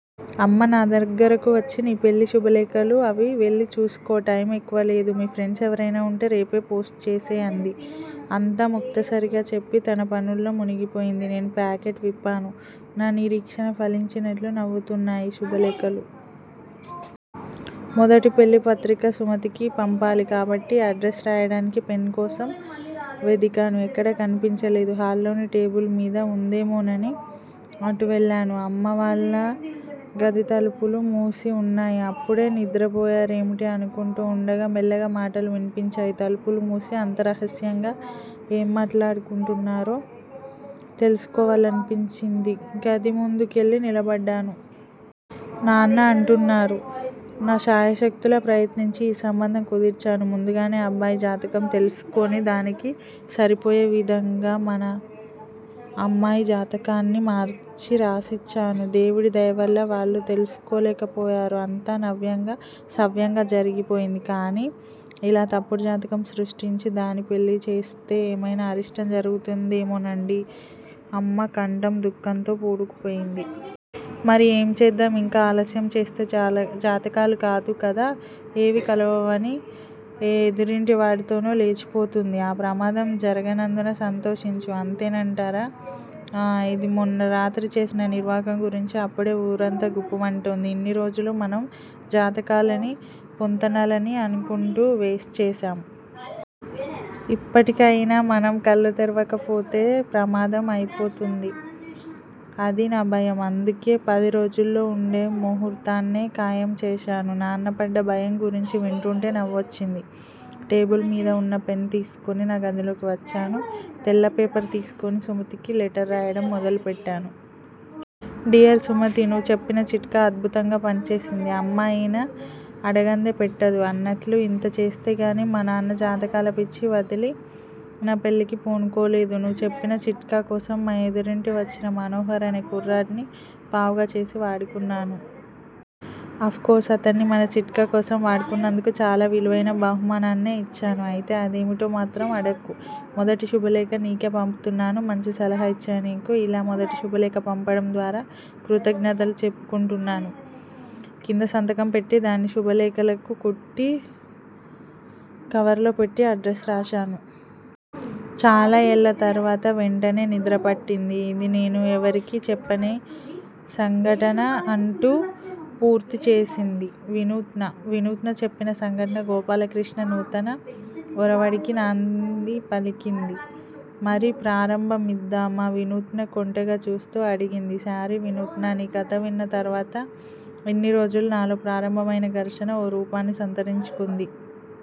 అమ్మ నా దగ్గరకు వచ్చి నీ పెళ్ళి శుభలేఖలు అవి వెళ్ళి చూసుకో టైమ్ ఎక్కువ లేదు. మీ ఫ్రెండ్స్ ఎవరైనా వుంటే రేపే పోస్ట్ చేసెయ్ అంది. అంతా ముక్తసరిగా చెప్పి తన పనుల్లో మునిగిపోయింది. నేను ప్యాకెట్ విప్పాను నా నిరీక్షణ ఫలించినట్లు నవ్వుతున్నాయి శుభలేఖలు. మొదటి పెళ్ళిపత్రిక సుమతికి పంపాలి కాబట్టి అడ్రస్ రాయడానికి పెన్ కోసం వెదికాను ఎక్కడా కనిపించలేదు. హాల్లోని టేబుల్ మీద వుందేమోనని అటు వెళ్ళాను. అమ్మా వాళ్ళ గది తలుపులు మూసి వున్నాయి. అప్పుడే నిద్రపోయారేమిటి అనుకుంటూ వుండగా మెల్లగా మాటలు విన్పించాయి. తలుపులు మూసి అంత రహస్యంగా ఏం మాట్లాడుకుంటున్నారో తెలుసుకోవాలనిపించి గది ముందు కెళ్ళి నిలబడ్డాను. నాన్న అంటున్నారు- నా శాయశక్తులా ప్రయత్నించి ఈ సంబంధం కుదిర్చాను. ముందుగానే అబ్బాయి జాతకం తెలుసుకుని, దానికి సరిపోయే విధంగా మన అమ్మాయి జాతకాన్ని మార్చి రాసిచ్చాను. దేవుడి దయవల్ల వాళ్ళు తెలుసుకోలేకపోయారు. అంతా సవ్యంగా జరిగిపోయింది. కానీ ఇలా తప్పుడు జాతకం సృష్టించి దాని పెళ్ళి చేస్తే ఏమైనా అరిష్టం జరుగుతుందేమోనండీ అమ్మ కంఠం దుఃఖంతో పూడుకుపోయింది. మరి ఏం చేద్దాం? ఇంకా ఆలస్యం చేస్తే జాతకాలు కాదు కదా ఏవీ కలవని ఏ ఎదురింటివాడితోనో లేచిపోతుంది. ఆ ప్రమాదం జరగనందుకు సంతోషించు. అంతేనంటారా? ఆఁ ఇది మొన్న రాత్రి చేసిన నిర్వాకం గురించి అప్పుడే ఊరంతా గుప్పుమంటోంది. ఇన్ని రోజులూ మనం జాతకాలనీ, పొంతనలనీ అనుకుంటూ వేస్ట్ చేశాం. ఇప్పటికయినా మనం కళ్ళు తెరవక పోతే ప్రమాదం అయిపోతుంది. అదీ నా భయం. అందుకే పదిరోజుల్లో వుండే ముహూర్తాన్నే ఖాయం చేశాను. నాన్న పడ్డ భయం గురించి వింటుంటే నవ్వొచ్చింది. టేబుల్ మీద వున్న పెన్ తీసుకుని నా గదిలోకి వచ్చాను. తెల్ల పేపర్ తీసుకుని సుమతికి లెటర్ రాయడం మొదలుపెట్టాను. డియర్ సుమతీ! నువ్వు చెప్పిన చిట్కా అద్బుతంగా పనిచేసింది. అమ్మ అయినా అడగందే పెట్టదు అన్నట్లు ఇంత చేస్తేగానీ మా నాన్న జాతకాల పిచ్చి వదిలి నా పెళ్ళికి పూనుకోలేదు. నువ్వు చెప్పిన చిట్కా కోసం మా ఎదురింటికి వచ్చిన మనోహర్ అనే కుర్రాడ్ని పావుగా చేసి వాడుకున్నాను. అఫ్ కోర్స్ అతన్ని మన చిట్కా కోసం వాడుకున్నందుకు చాలా విలువైన బహుమానాన్నే ఇచ్చాను. అయితే అదేమిటో మాత్రం అడక్కు. మొదటి శుభలేఖ నీకే పంపుతున్నాను. మంచి సలహా ఇచ్చిన నీకు ఇలా మొదటి శుభలేఖ పంపడం ద్వారా కృతజ్ఞతలు చెప్పుకుంటున్నాను. కింద సంతకం పెట్టి దాన్ని శుభలేఖలకు కుట్టి, కవర్ లో పెట్టి అడ్రస్ రాశాను. చాలా ఏళ్ల తరువాత వెంటనే నిద్ర పట్టింది. ఇది నేను ఎవరికీ చెప్పని సంఘటన అంటూ పూర్తి చేసింది వినూత్న. వినూత్న చెప్పిన సంఘటన గోపాలకృష్ణ నూతన ఒరవడికి నాంది పలికింది. మరి ప్రారంభిద్దామా? వినూత్న కొంటెగా చూస్తూ అడిగింది. సారీ వినూత్నా! నీ కథ విన్న తర్వాత ఇన్ని రోజులూ నాలో ప్రారంభమైన ఘర్షణ ఓ రూపాన్ని సంతరించుకుంది.